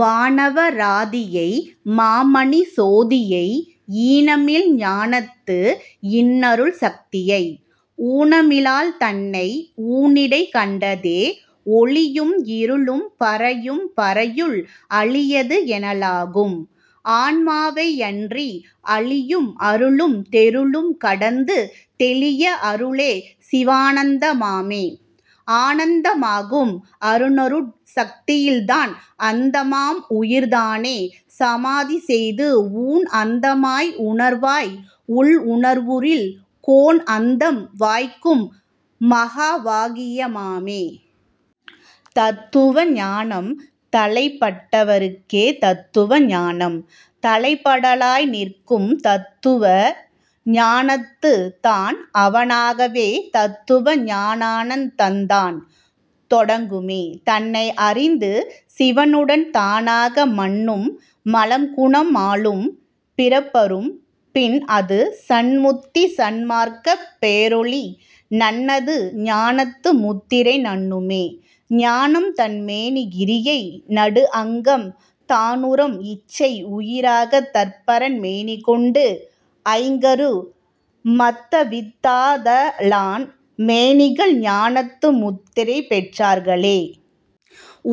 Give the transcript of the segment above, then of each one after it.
வானவ ராதியை மாமணிச் சோதியை ஈனமில் ஞானத்து இன்னருள் சக்தியை ஊனமிலாள்தன்னை ஊனிடைக் கண்டதே. ஒளியும் இருளும் பரையும் பரையுள் அளியது எனலாகும் ஆன்மாவை யன்றி அளியும் அருளும் தெருளும் கடந்து தெளிய அருளே சிவானந்த மாமே. ஆனந்த மாகும் அரனருட் சக்தியில் தான் அந்த மாம்உயிர் தானே சமாதிசெய்து ஊன்அந்த மாய் உணர் வாய்உள் உணர்வுறில் கோன்அந்தம் வாய்க்கும் மகாவா கியமாமே. தத்துவ ஞானம் தலைப்பட் டவர்க்கே தத்துவ ஞானம் தலைப்பட லாய்நிற்கும் தத்துவ ஞானத்துத் தான்அவ னாகவே தத்துவ ஞானானந் தந்தான் தொடங்குமே. தன்னை அறிந்து சிவனுடன் தானாக மன்னும் மலம்குணம் மாளும் பிறப்பறும் பின்அது சன்முத்தி சன்மார்க்கப் பேரொளி நன்னது ஞானத்து முத்திரை நண்ணுமே. ஞானம்தன் மேனி கிரியை நடுஅங்கம் தானுறும் இச்சை உயிராகத் தற்பரன் மேனிகொண்டு ஐங்கரு மத்தவித் தாதலான் மேனிகள் ஞானத்து முத்திரை பெற் றார்களே.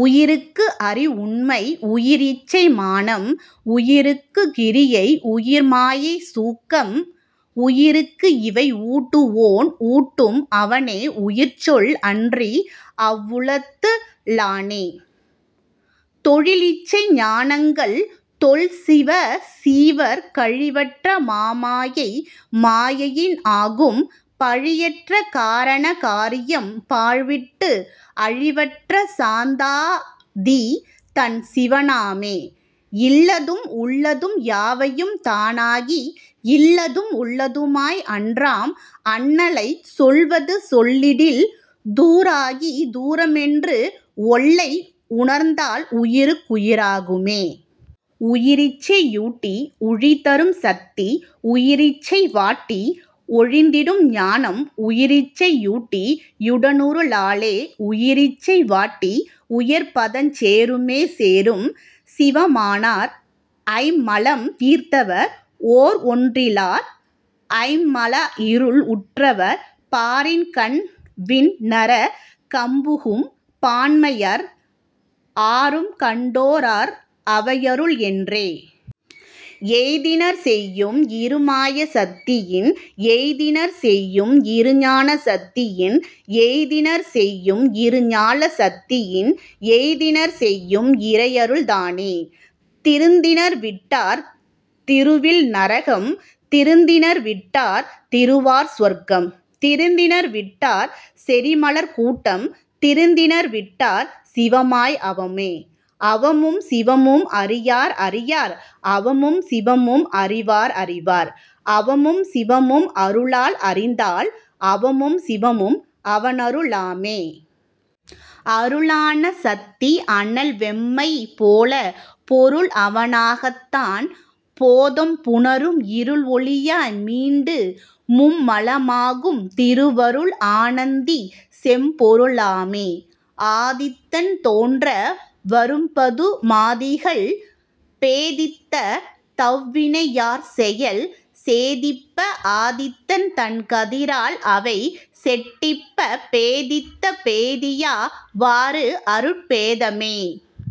உயிர்க்குஅறி உண்மை உயிர்இச்சை மானம் உயிர்க்குக் கிரியை உயிர்மாயை சூக்கம் உயிர்க்குஇவை ஊட்டுவோன் ஊட்டும் அவனே உயிர்ச்சொல் அன்றி அவ்வுளத்து ளானே. தொழில்இச்சை ஞானங்கள் தொல்சிவசீவர் கழிவற்ற மாமாயை மாயையின் ஆகும் பழியற்ற காரண காரியம் பாழ்விட்டு அழிவற்ற சாந்தாதீ தன்சிவ னாமே. இல்லதும் உள்ளதும் யாவையும் தானாகி இல்லதும் உள்ளது மாய்அன்றாம் அண்ணலைச் சொல்வது சொல்லிடில் தூராகி தூரமென்று ஒல்லை உணர்ந்தால் உயிர்க்குயி ராகுமே. உயிரிச்சை யூட்டி உழிதரும் சத்தி உயிரிச்சை வாட்டி ஒழிந்திடும் ஞானம் உயிரிச்சை யூட்டி யுடனுறலாலே உயிரிச்சை வாட்டி உயர்பதஞ் சேருமே. சேரும் சிவமானார் ஐம்மலம் தீர்ந்தவர் ஓர்ஒன்றி லார் ஐம் மலஇருள் உற்றவர் பாரின்கண் விண்நர கம்புகும் பான்மையர் ஆருங்கண் டோ ரார் அவையருள் என்றே. எய்தினர் செய்யும் இருமாயா சத்தியின் எய்தினர் செய்யும் இருஞான சத்தியின் எய்தினர் செய்யும் இருஞால சத்தியின் எய்தினர் செய்யும் இறையருள் தானே. திருந்தினர் விட்டார் திருவில் நரகம் திருந்தினர் விட்டார் திருவார் சுவர்க்கம் திருந்தினர் விட்டார் செறிமலர் கூட்டம் திருந்தினர் விட்டார் சிவமாய் அவமே. அவமும் சிவமும் அறியார் அறியார் அவமும் சிவமும் அறிவார் அறிவார் அவமும் சிவமும் அருளால் அறிந்தால் அவமும் சிவமும் அவனரு ளாமே. அருளான சத்தி அனல் வெம்மை போல பொருள் அவனாகத்தான் போதம் புணரும் இருள் ஒளியாய் மீண்டு மும்மல மாகும் திருவருள் ஆனந்தி செம்பொருளாமே. ஆதித்தன் தோன்ற வரும்பது மாதிகள் பேதித்த தவ்வினை யாற்செயல் சேதிப்ப ஆதித்தன் தன்கதி ரால்அவை சேட்டிப்பப் பேதித்தப் பேதியா வாறுஅருட் பேதமே.